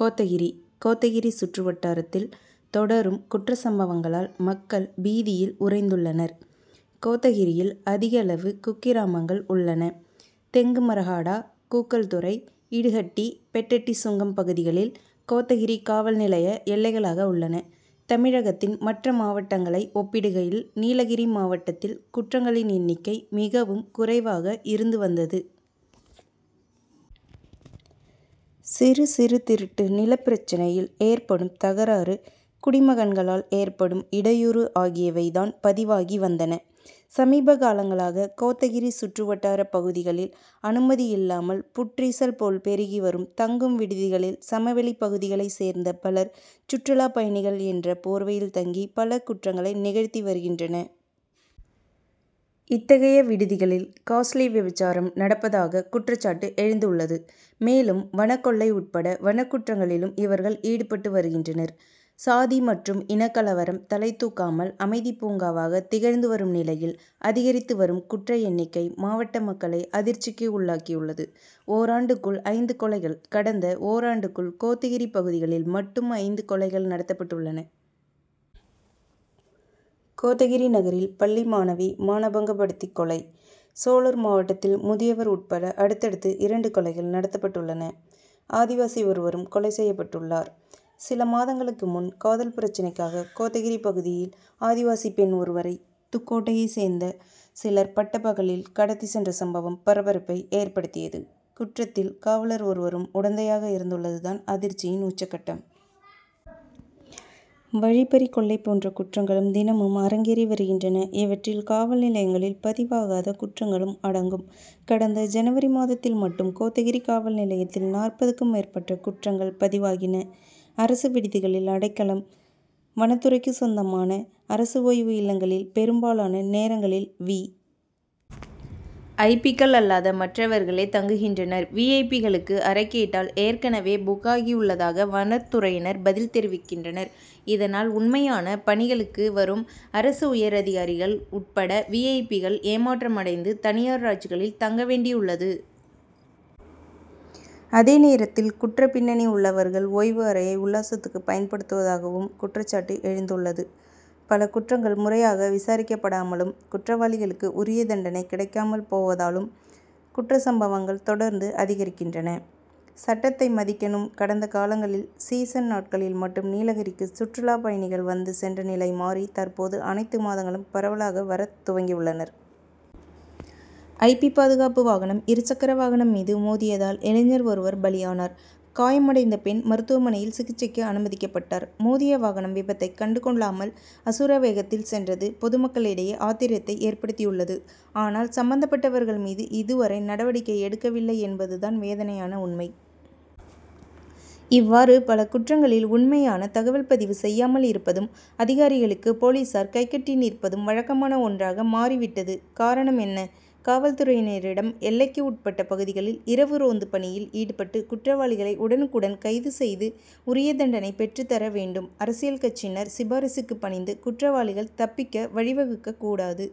கோத்தகிரி கோத்தகிரி சுற்றுவட்டாரத்தில் தொடரும் குற்றச் சம்பவங்களால், மக்கள் பீதியில் உறைந்துள்ளனர். கோத்தகிரியில் அதிகளவு குக்கிராமங்கள் உள்ளன. தெங்குமரஹாடா, கூக்கல்தொரை, இடுஹட்டி, பெட்டட்டி சுங்கம் பகுதிகள், கோத்தகிரி காவல் நிலைய எல்லைகளாக உள்ளன. தமிழகத்தின் மற்ற மாவட்டங்களை ஒப்பிடுகையில், நீலகிரி மாவட்டத்தில் குற்றங்களின் எண்ணிக்கை மிகவும் குறைவாக இருந்து வந்தது. சிறு, சிறு திருட்டு, நிலப் பிரச்னையில் ஏற்படும் தகராறு, குடிமகன்களால் ஏற்படும் இடையூறு ஆகியவை தான் பதிவாகி வந்தன. சமீப காலங்களாக, கோத்தகிரி சுற்றுவட்டாரப் பகுதிகளில், அனுமதி இல்லாமல் புற்றீசல் போல் பெருகி வரும் தங்கும் விடுதிகளில், சமவெளிப் பகுதிகளை சேர்ந்த பலர், சுற்றுலாப் பயணிகள் என்ற போர்வையில் தங்கி, பல குற்றங்களை நிகழ்த்தி வருகின்றனர். இத்தகைய விடுதிகளில் காஸ்ட்லி விபசாரம் நடப்பதாக குற்றச்சாட்டு எழுந்துள்ளது. மேலும், வனக் கொள்ளை உட்பட வனக்குற்றங்களிலும் இவர்கள் ஈடுபட்டு வருகின்றனர். சாதி மற்றும் இனக்கலவரம் தலைதூக்காமல் அமைதிப் பூங்காவாக திகழ்ந்து வரும் நிலையில், அதிகரித்து வரும் குற்ற எண்ணிக்கை, மாவட்ட மக்களை அதிர்ச்சிக்கு உள்ளாக்கியுள்ளது. ஓராண்டுக்குள் ஐந்து கொலைகள் கடந்த ஓராண்டுக்குள், கோத்தகிரி பகுதிகளில் மட்டும் ஐந்து கொலைகள் நடத்தப்பட்டுள்ளன. கோத்தகிரி நகரில், பள்ளி மாணவி மானபங்கப்படுத்தி கொலை, சோலூர் மட்டத்தில் முதியவர் உட்பட அடுத்தடுத்து இரண்டு கொலைகள் நடத்தப்பட்டுள்ளன; ஆதிவாசி ஒருவரும் கொலை செய்யப்பட்டுள்ளார். சில மாதங்களுக்கு முன், காதல் பிரச்னைக்காக, கோத்தகிரி பகுதியில் ஆதிவாசி பெண் ஒருவரை, துக்கோட்டையை சேர்ந்த சிலர், பட்டப்பகலில் கடத்திச் சென்ற சம்பவம் பரபரப்பை ஏற்படுத்தியது; குற்றத்தில், காவலர் ஒருவரும் உடந்தையாக இருந்துள்ளது தான் அதிர்ச்சியின் உச்சகட்டம். வழிப்பறி, கொள்ளை போன்ற குற்றங்களும் தினமும் அரங்கேறி வருகின்றன; இவற்றில், காவல் நிலையங்களில் பதிவாகாத குற்றங்களும் அடங்கும். கடந்த ஜனவரி மாதத்தில் மட்டும் கோத்தகிரி காவல் நிலையத்தில் நாற்பதுக்கும் மேற்பட்ட குற்றங்கள் பதிவாகின. அரசு விடுதிகளில் அடைக்கலம் வனத்துறைக்கு சொந்தமான அரசு ஓய்வு இல்லங்களில், பெரும்பாலான நேரங்களில் வி. ஐ. பி.,க்கள் அல்லாத மற்றவர்களே தங்குகின்றனர். வி. ஐ. பி.,களுக்கு அறை கேட்டால், ஏற்கனவே புக் ஆகி உள்ளதாக, வனத்துறையினர் பதில் தெரிவிக்கின்றனர். இதனால், உண்மையான பணிகளுக்கு வரும் அரசு உயரதிகாரிகள் உட்பட வி. ஐ. பி.,க்கள் ஏமாற்றமடைந்து, தனியார் லாட்ஜ்களில் தங்க வேண்டியுள்ளது. அதே நேரத்தில், குற்றப் பின்னணி உள்ளவர்கள், ஓய்வு அறையை உல்லாசத்துக்கு பயன்படுத்துவதாகவும் குற்றச்சாட்டு எழுந்துள்ளது. பல குற்றங்கள் முறையாக விசாரிக்கப்படாமலும், குற்றவாளிகளுக்கு உரிய தண்டனை கிடைக்காமல் போவதாலும், குற்றச்சம்பவங்கள் தொடர்ந்து அதிகரிக்கின்றன. சட்டத்தை மதிக்கணும் கடந்த காலங்களில், சீசன் நாட்களில் மட்டும் நீலகிரிக்கு சுற்றுலாப் பயணிகள் வந்துச் சென்ற நிலை மாறி, தற்போது, அனைத்து மாதங்களிலும் பரவலாக வரத் துவங்கியுள்ளனர். ஐ. பி., பாதுகாப்பு வாகனம் இருசக்கர வாகனம் மீது மோதியதில், இளைஞர் ஒருவர் பலியானார். காயமடைந்த பெண், மருத்துவமனையில் சிகிச்சைக்கு அனுமதிக்கப்பட்டார். மோதிய வாகனம், விபத்தை கண்டுகொள்ளாமல், அசுரவேகத்தில் சென்றது பொதுமக்களிடையே ஆத்திரத்தை ஏற்படுத்தியுள்ளது. ஆனால், சம்பந்தப்பட்டவர்கள் மீது இதுவரை நடவடிக்கை எடுக்கவில்லை என்பது தான் வேதனையான உண்மை. இவ்வாறு, பல குற்றங்களில் உண்மையான தகவல் பதிவு செய்யாமல் இருப்பதும், அதிகாரிகளுக்கு, போலீசார் கைகட்டி நிற்பதும், வழக்கமான ஒன்றாக மாறி விட்டது. காரணம் என்ன? காவல் துறையினரின் எல்லைக்கு உட்பட்ட பகுதிகளில், இரவு ரோந்துப் பணியில் ஈடுபட்டு, குற்றவாளிகளை உடனுக்குடன் கைது செய்து உரிய தண்டனை பெற்றுத் தர வேண்டும்; அரசியல் கட்சியினரின் சிபாரிசுக்கு பணிந்து, குற்றவாளிகள் தப்பிக்க வழிவகுக்கக் கூடாது.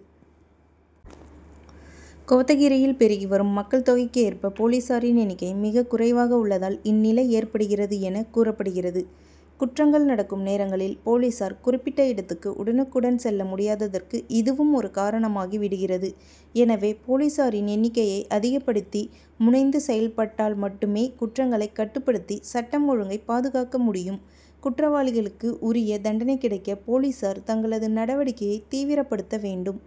கோத்தகிரியில் பெருகி வரும் மக்கள் தொகைக்கு ஏற்ப, போலீசாரின் எண்ணிக்கையும் மிகக் குறைவாக உள்ளதால் இந்நிலை ஏற்படுகிறது என கூறப்படுகிறது. குற்றங்கள் நடக்கும் நேரங்களில், போலீசார் குறிப்பிட்ட இடத்துக்கு உடனுக்குடன் செல்ல முடியாததற்கு இதுவும் ஒரு காரணமாகி விடுகிறது. எனவே, போலீசாரின் எண்ணிக்கையை அதிகப்படுத்தி, முனைந்து செயல்பட்டால் மட்டுமே, குற்றங்களை கட்டுப்படுத்தி சட்டம் ஒழுங்கை பாதுகாக்க முடியும்; குற்றவாளிகளுக்கு உரிய தண்டனை கிடைக்க, போலீசார் தங்களது நடவடிக்கையை தீவிரப்படுத்த வேண்டும்.